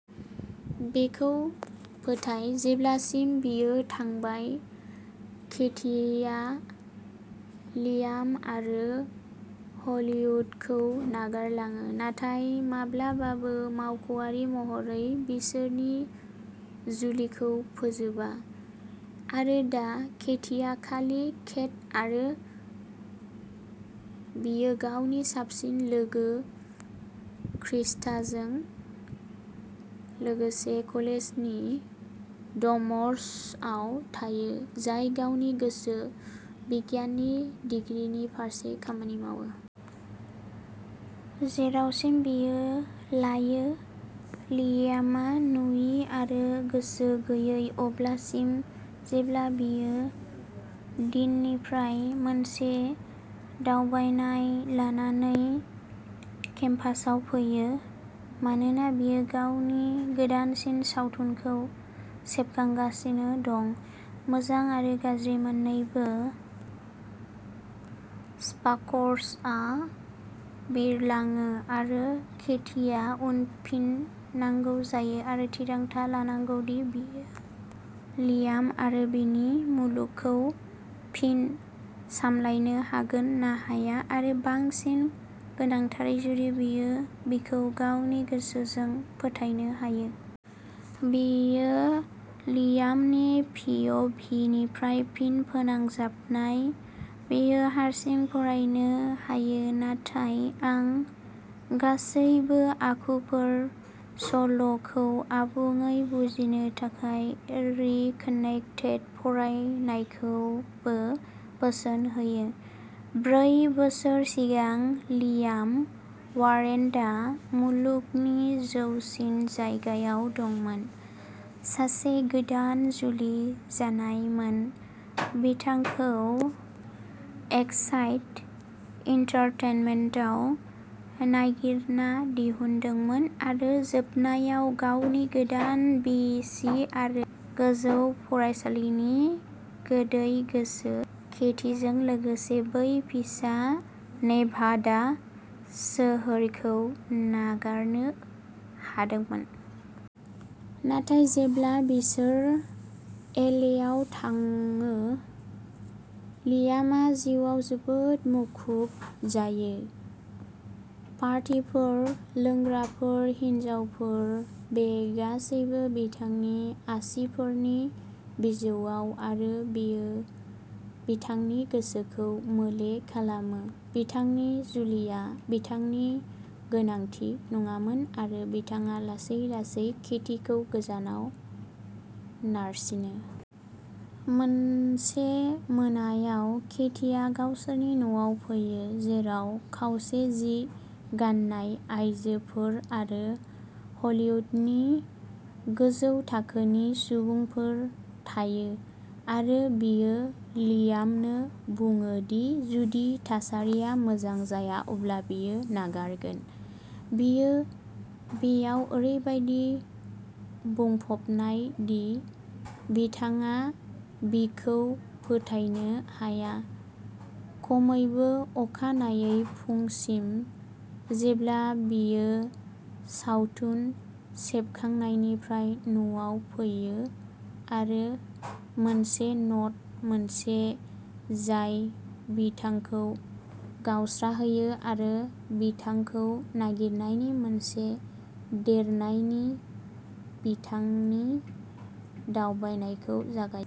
बिखौ फोथाय, जेब्लासिम बियो थांबाय। केटिआ लियाम आरो हलीवुडखौ नागारलाङो, नाथाय माब्लाबाबो मावख'आरि महरै बिसोरनि जुलिखौ फोजोबा। आरो दा, केटिआ खालि केट आरो बियो गावनि साबसिन लोगो क्रिस्टाजों लोगोसे कलेजनि डर्म्सआव थायो, जाय गावनि गोसो बिगियाननि दिग्रिनि फारसे खामानि मावो। जेरावसिम बियो लायो, लियामआ नुयि आरो गोसो गैयै, अब्लासिम जेब्ला बियो डीननिफ्राय मोनसे दावबायनाय लानानै केम्पासआव फैयो, मानोना बियो गावनि गोदानसिन सावथुनखौ सेबखांगासिनो दं। मोजां आरो गाज्रि मोन्नैबो स्पार्क्सआ बिरलाङो, आरो केटिआ उनफिननांगौ जायो आरो थिरांथा लानांगौ दि बियो लियाम आरो बिनि मुलुगखौ फिन सामलायनो हागोन ना हाया, आरो बांसिन गोनांथारै, जुदि बियो बिखौ गावनि गोसोजों फोथायनो हायो। बेयो लियामनि पि. अ. भि. निफ्राय फिन फोनांजाबनाय। बेयो हारसिं फरायनो हायो नाथाय आं गासैबो आखुफोर/सल'खौ आबुङै बुजिनो थाखाय रिकनेक्टेड फरायनायखौबो बोसोन होयो। ब्रै बोसोर सिगां लियाम वारेनआ मुलुगनि गोजौसिन जायगायाव दंमोन। सासे गोदान जुलि जानायमोन, बिथांखौ एक्साइट एन्टारटेनमेन्टआ नागिरना दिहुनदोंमोन आरो जोबनायाव गावनि गोदान बिसि आरो गोजौ फरायसालिनि गोदै गोसो केटीजों लोगोसे बै फिसा नेभाडा सोहोरखौ नागारनो हादोंमोन। नाथाय जेब्ला बिसोरो एल. ए. आव थाङो, लियामआ जिउआव जोबोद मुखुब जायो। पार्टीफोर, लोंग्राफोर, हिनजावफोर। बे गासैबो बिथांनि आसिफोरनि बिजौआव आरो बेयो बिथांनि गोसोखौ मोले खालामो, बिथांनि जुलिया बिथांनि गोनांथि नङामोन आरो बिथाङा लासै-लासै केटीखौ गोजानाव नारसिनो। मोनसे मोनायाव, केटीआ गावसोरनि न'आव फैयो, जेराव खावसे जि गान्नाय आयजोफोर आरो हलीवुडनि गोजौ थाखोनि सुबुंफोर थायो आरो बियो लियामनो बुङो दि जुदि थासारिया मोजां जाया अब्ला बियो नागारगोन। बियो बेयाव ओरैबादि बुंफबनाय दि बिथाङा बिखौ फोथायनो हाया, खमैबो अखानायै फुंसिम जेब्ला बियो सावथुन सेबखांनायनिफ्राय न'आव फैयो आरो मोनसे न'ट मोनो जाय बिथांखौ गावस्राहोयो आरो बिथांखौ नागिरनायनि आरो देरनायनि बिथांनि दावबायनायखौ जागायो।